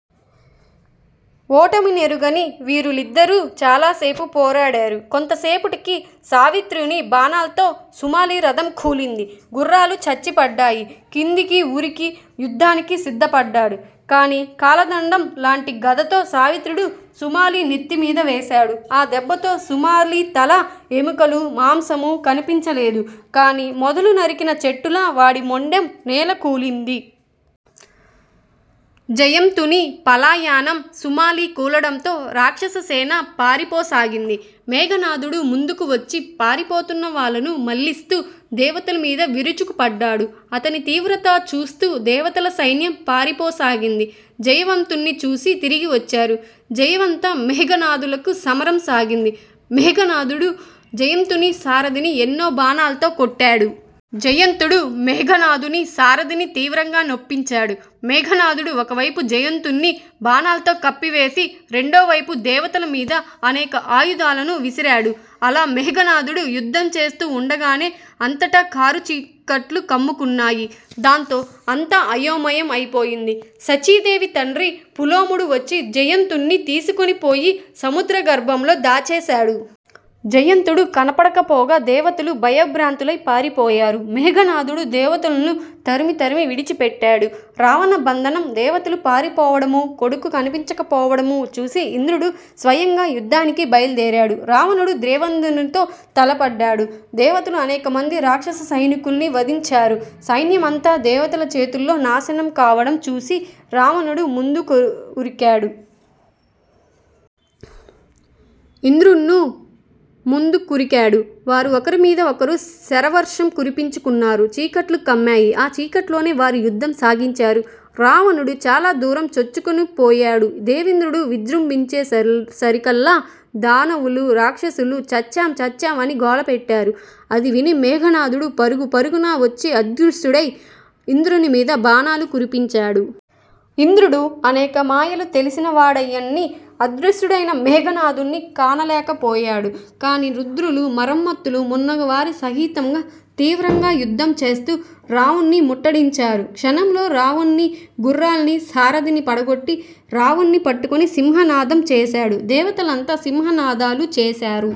ఓటమినెరుగని వీరులిద్దరూ చాలసేపు పోరాడారు. కొంతసేపటికి సావిత్రుని బాణాల్తో సుమాలి రథం కూలింది. గుర్రాలు చచ్చిపడ్డాయి. కిందికి ఉరికి యుద్దానికి సిద్దపడ్డాడు. కాని కాలదండం లాంటి గదతో సావిత్రుడు సుమాలి నెత్తిమీదవేశాడు. ఆ దెబ్బతో సుమాలితలా, ఎముకలూ, మాంసమూ కనిపించలేదు. కాని మొదలు నరికిన చెట్టులా వాడి మొండెం నేలకూలింది. జయంతుని పలాయనం: సుమాలి కూలడంతో రాక్షససేన పారిపోసాగింది. మేఘనాధుడు ముందుకు వచ్చి పారిపోతున్న వాళ్ళను మళ్ళిస్తూ దేవతలమీద విరుచుకు పడ్డాడు. అతని తీవ్రత చూస్తూ దేవతల సైన్యం పారిపోసాగింది. జయవంతుణ్ని చూసి తిరిగివచ్చారు. జయంత మేఘనాధులకు సమరం సాగింది. మేఘనాధుడు జయవంతుని సారధిని ఎన్నో బాణాల్తో కొట్టాడు. జయంతుడూ మేఘనాధుని సారధిని తీవ్రంగా నొప్పించాడు. మేఘనాధుడు ఒకవైపు జయంతుణ్ని బాణాల్తో కప్పివేసి రెండోవైపు దేవతల మీద అనేక ఆయుధాలను విసిరాడు. అలా మేఘనాధుడు యుద్దం చేస్తు వుండగానే అంతటా కారుచీకట్లు కమ్ముకున్నాయి. దాంతో అంతా అయోమయం అయిపోయింది. శచీదేవి తండ్రి పులోముడు వచ్చి జయంతుణ్ని తీసుకొనిపోయి సముద్ర గర్భంలో దాచేశాడు. జయంతుడు కనపడకపోగా దేవతలు భయభ్రాంతులై పారిపోయారు. మేఘనాధుడు దేవతల్ను తరిమి తరిమి విడిచిపెట్టాడు. రావణ బంధనం: దేవతలు పారిపోవడమూ కొడుకు కనిపించకపోవడమూ చూసి ఇంద్రుడు స్వయంగా యుద్దానికి బైల్దేరాడు. రావణుడు దేవేంద్రునితో తలపడ్డాడు. దేవతలు అనేకమంది రాక్షస సైనికుల్ని వధించారు. సైన్యం అంతా దేవతల చేతుల్లో నాశనం కావడం చూసి రావణుడు ముందుకురికాడు. ఇంద్రుడున్నూ ముందు కురికాడు. వారు ఒకరిమీద ఒకరు శరవర్షం కురిపించుకున్నారు. చీకట్లు కమ్మాయి. ఆ చీకట్లోనే వారు యుద్దం సాగించారు. రావణుడు చాలదూరం చొచ్చుకొనిపోయాడు. దేవేంద్రుడు విజృంభించేసరికల్లా దానవులూ, రాక్షసులూ, చచ్చాం చచ్చాం అని గోలపెట్టారు. అది విని మేఘనాధుడు పరుగు పరుగున వచ్చి అదృశ్యుడై ఇంద్రుని మీద బాణాలు కురిపించాడు. ఇంద్రుడు అనేక మాయలు తెలిసినవాడయ్యిన్నీ అదృశ్యుడైన మేఘనాధుడ్ని కానలేకపోయాడు. కాని రుద్రులూ, మరుత్తులూ మున్నగువారి సహితంగా తీవ్రంగా యుద్దంచేస్తూ రావణుడ్ని ముట్టడించారు. క్షణంలో రావణుడి గుర్రాల్నీ, సారథినీ పడగొట్టి రావణుడ్ని పట్టుకొని సింహనాదం చేశాడు. దేవతలంతా సింహనాదాలు చేశారు.